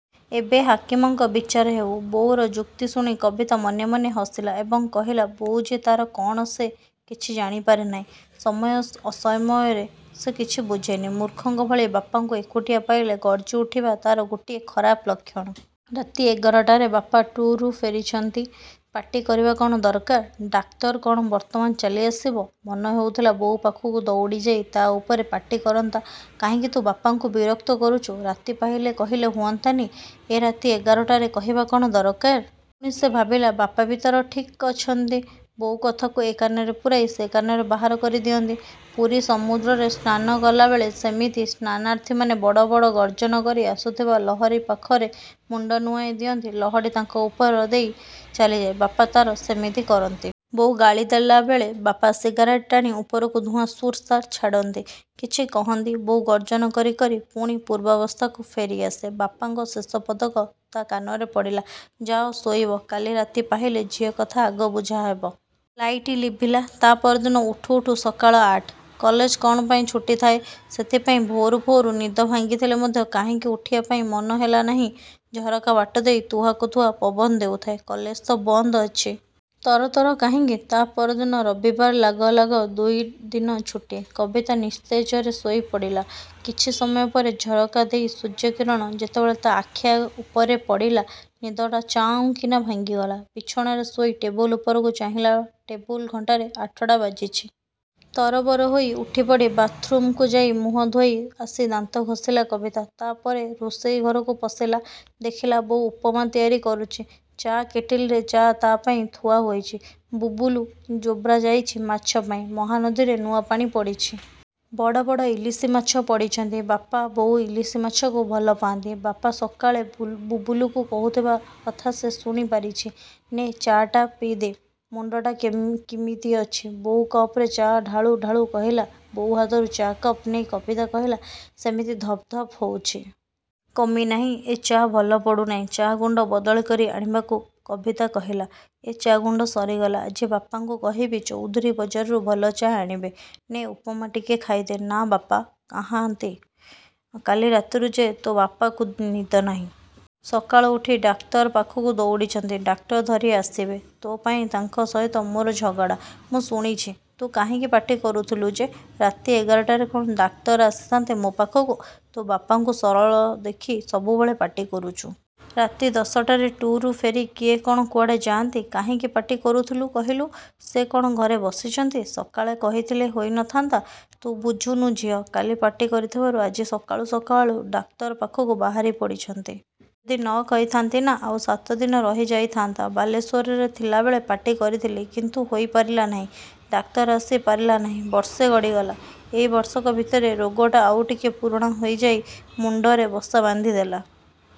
ଏବେ ହାକିମଙ୍କ ବିଚାର ହେଉ। ବୋଉର ଯୁକ୍ତିଶୁଣି କବିତା ମନେ ମନେ ହସିଲା, ଏବଂ କହିଲା ବୋଉ ଯେ ତା'ର କ'ଣ ସେ କିଛି ଜାଣିପାରେ ନାହିଁ। ସମୟ ଅସମୟରେ ସେ କିଛି ବୁଝେନି। ମୂର୍ଖଙ୍କ ଭଳି ବାପାଙ୍କୁ ଏକୁଟିଆ ପାଇଲେ ଗର୍ଜ୍ଜିଉଠିବା ତା'ର ଗୋଟିଏ ଖରାପ ଲକ୍ଷଣ। ରାତି ଏଗାରଟାରେ ବାପା ଟୁର୍ରୁ ଫେରିଛନ୍ତି। ପାଟି କରିବା କ'ଣ ଦରକାର? ଡାକ୍ତର କ'ଣ ବର୍ତ୍ତମାନ ଚାଲିଆସିବ। ମନ ହେଉଥିଲା ବୋଉ ପାଖକୁ ଦୌଡ଼ିଯାଇ ତା' ଉପରେ ପାଟିକରନ୍ତା, କାହିଁକି ତୁ ବାପାଙ୍କୁ ବିରକ୍ତ କରୁଛୁ? ରାତି ପାହିଲେ କହିଲେ ହୁଅନ୍ତା ନି? ଏ ରାତି ଏଗାରଟାରେ କହିବା କ'ଣ ଦରକାର। ପୁଣି ସେ ଭାବିଲା, ବାପା ବି ତା'ର ଠିକ୍ ଅଛନ୍ତି। ବୋଉ କଥାକୁ ଏ କାନରେ ପୂରାଇ ସେ କାନରେ ବାହାର କରି ଦିଅନ୍ତି। ପୁରୀ ସମୁଦ୍ରରେ ସ୍ନାନ କଲାବେଳେ ସେମିତି ସ୍ନାନାର୍ଥୀମାନେ ବଡ଼ ବଡ଼ ଗର୍ଜ୍ଜନ କରି ଆସୁଥିବା ଲହଡ଼ି ପାଖରେ ମୁଣ୍ଡ ନୁଆଁଇ ଦିଅନ୍ତି, ଲହଡ଼ି ତାଙ୍କ ଉପରେ ଦେଇ ଚାଲିଯାଏ ବାପା ତା'ର ସେମିତି କରନ୍ତି। ବୋଉ ଗାଳିଦେଲା ବେଳେ ବାପା ସିଗାରେଟ୍ ଟାଣି ଉପରକୁ ଧୂଆଁ ସୁର୍ ସାର୍ ଛାଡ଼ନ୍ତି। କିଛି କହନ୍ତି। ବୋଉ ଗର୍ଜ୍ଜନ କରି କରି ପୁଣି ପୂର୍ବାବସ୍ଥାକୁ ଫେରି ଆସେ। ବାପାଙ୍କ ଶେଷପଦକ ତା' କାନରେ ପଡ଼ିଲା, ଯାଅ ଶୋଇବ। କାଲି ରାତି ପାହିଲେ ଝିଅକଥା ଆଗ ବୁଝାହେବ। ଲାଇଟି ଲିଭିଲା। ତା' ପରଦିନ ଉଠୁ ଉଠୁ ସକାଳ ଆଠ। କଲେଜ କ'ଣ ପାଇଁ ଛୁଟି ଥାଏ। ସେଥିପାଇଁ ଭୋରୁ ଭୋରୁ ନିଦ ଭାଙ୍ଗିଥିଲେ ମଧ୍ୟ କାହିଁକି ଉଠିବା ପାଇଁ ମନ ହେଲା ନାହିଁ। ଝରକା ବାଟଦେଇ ତୁହାକୁ ତୁହା ପବନ ଦେଉଥାଏ। କଲେଜ ତ ବନ୍ଦ ଅଛି। ତର ତର କାହିଁକି? ତା' ପରଦିନ ରବିବାର ଲାଗ ଲାଗ ଦୁଇଦିନ ଛୁଟି। କବିତା ନିସ୍ତେଜରେ ଶୋଇପଡ଼ିଲା। କିଛି ସମୟ ପରେ ଝରକା ଦେଇ ସୂର୍ଯ୍ୟକିରଣ ଯେତେବେଳେ ତା' ଆଖି ଉପରେ ପଡ଼ିଲା। ନିଦଟା ଚାଉଁକିନା ଭାଙ୍ଗିଗଲା। ବିଛଣାରେ ଶୋଇ ଟେବୁଲ୍ ଉପରକୁ ଚାହିଁଲା ଟେବୁଲ୍ ଘଣ୍ଟାରେ ଆଠଟା ବାଜିଛି। ତରବର ହୋଇ ଉଠିପଡ଼ି ବାଥ୍ରୁମ୍କୁ ଯାଇଁ ମୁହଁ ଧୋଇ ଆସି ଦାନ୍ତ ଘଷିଲା କବିତା। ତା' ପରେ ରୋଷେଇ ଘରକୁ ପଶିଲା। ଦେଖିଲା ବୋଉ ଉପମା ତିଆରି କରୁଛି। ଚା'କେଟିଲରେ ଚା' ତା' ପାଇଁ ଥୁଆ ହୋଇଛି। ବୁବୁଲୁ ଯୋବ୍ରା ଯାଇଛି ମାଛ ପାଇଁ, ମହାନଦୀରେ ନୂଆ ପାଣି ପଡ଼ିଛି। ବଡ଼ ବଡ଼ ଇଲିଶି ମାଛ ପଡ଼ିଛନ୍ତି। ବାପା, ବୋଉ ଇଲିଶି ମାଛକୁ ଭଲ ପାଆନ୍ତି। ବାପା ସକାଳେ ବୁବୁଲୁକୁ କହୁଥିବା କଥା ସେ ଶୁଣି ପାରିଛି। ନେ ଚା'ଟା ପିଇଦେ। ମୁଣ୍ଡଟା କିମିତି ଅଛି? ବୋଉ କପରେ ଚା' ଢାଳୁ ଢାଳୁ କହିଲା। ବୋଉ ହାତରୁ ଚା' କପ୍ ନେଇ କବିତା କହିଲା ସେମିତି ଧପ ଧପ ହେଉଛି। କମିନାହିଁ। ଏ ଚା' ଭଲ ପଡ଼ୁନାହିଁ, ଚା' ଗୁଣ୍ଡ ବଦଳି କରି ଆଣିବାକୁ କବିତା କହିଲା। ଏ ଚା' ଗୁଣ୍ଡ ସରିଗଲା। ଆଜି ବାପାଙ୍କୁ କହିବି ଚୌଧୁରୀବଜାରରୁ ଭଲ ଚା' ଆଣିବେ। ନେ ଉପମା ଟିକେ ଖାଇଦେ। ନାଁ, ବାପା କାହାନ୍ତି? କାଲି ରାତିରୁ ଯେ ତୋ' ବାପାକୁ ନିଦ ନାହିଁ। ସକାଳୁ ଉଠି ଡାକ୍ତର ପାଖକୁ ଦୌଡ଼ିଛନ୍ତି। ଡାକ୍ତର ଧରି ଆସିବେ। ତୋ' ପାଇଁ ତାଙ୍କ ସହିତ ମୋର ଝଗଡ଼ା। ମୁଁ ଶୁଣିଛି। ତୁ କାହିଁକି ପାଟି କରୁଥିଲୁ ଯେ। ରାତି ଏଗାରଟାରେ କ'ଣ ଡାକ୍ତର ଆସିଥାନ୍ତେ ମୋ ପାଖକୁ। ତୁ ବାପାଙ୍କୁ ସରଳ ଦେଖି ସବୁବେଳେ ପାଟି କରୁଛୁ। ରାତି ଦଶଟାରେ ଟୁର୍ରୁ ଫେରି କିଏ କ'ଣ କୁଆଡ଼େ ଯାଆନ୍ତି। କାହିଁକି ପାଟି କରୁଥିଲୁ କହିଲୁ। ସେ କ'ଣ ଘରେ ବସିଛନ୍ତି। ସକାଳେ କହିଥିଲେ ହୋଇ ନ ଥା'ନ୍ତା? ତୁ ବୁଝିନୁ ଝିଅ। କାଲି ପାଟି କରିଥିବାରୁ ଆଜି ସକାଳୁ ସକାଳୁ ଡାକ୍ତର ପାଖକୁ ବାହାରି ପଡ଼ିଛନ୍ତି। ଯଦି ନ କହିଥା'ନ୍ତି ନା; ଆଉ ସାତ ଦିନ ରହିଯାଇ ଥା'ନ୍ତା। ବାଲେଶ୍ୱରରେ ଥିଲାବେଳେ ପାଟି କରିଥିଲି। କିନ୍ତୁ ହୋଇପାରିଲା ନାହିଁ। ଡାକ୍ତର ଆସି ପାରିଲା ନାହିଁ ବର୍ଷେ ଗଡ଼ିଗଲା। ଏହି ବର୍ଷକ ଭିତରେ ରୋଗଟା ଆଉ ଟିକେ ପୁରୁଣା ହୋଇଯାଇ ମୁଣ୍ଡରେ ବସା ବାନ୍ଧିଦେଲା।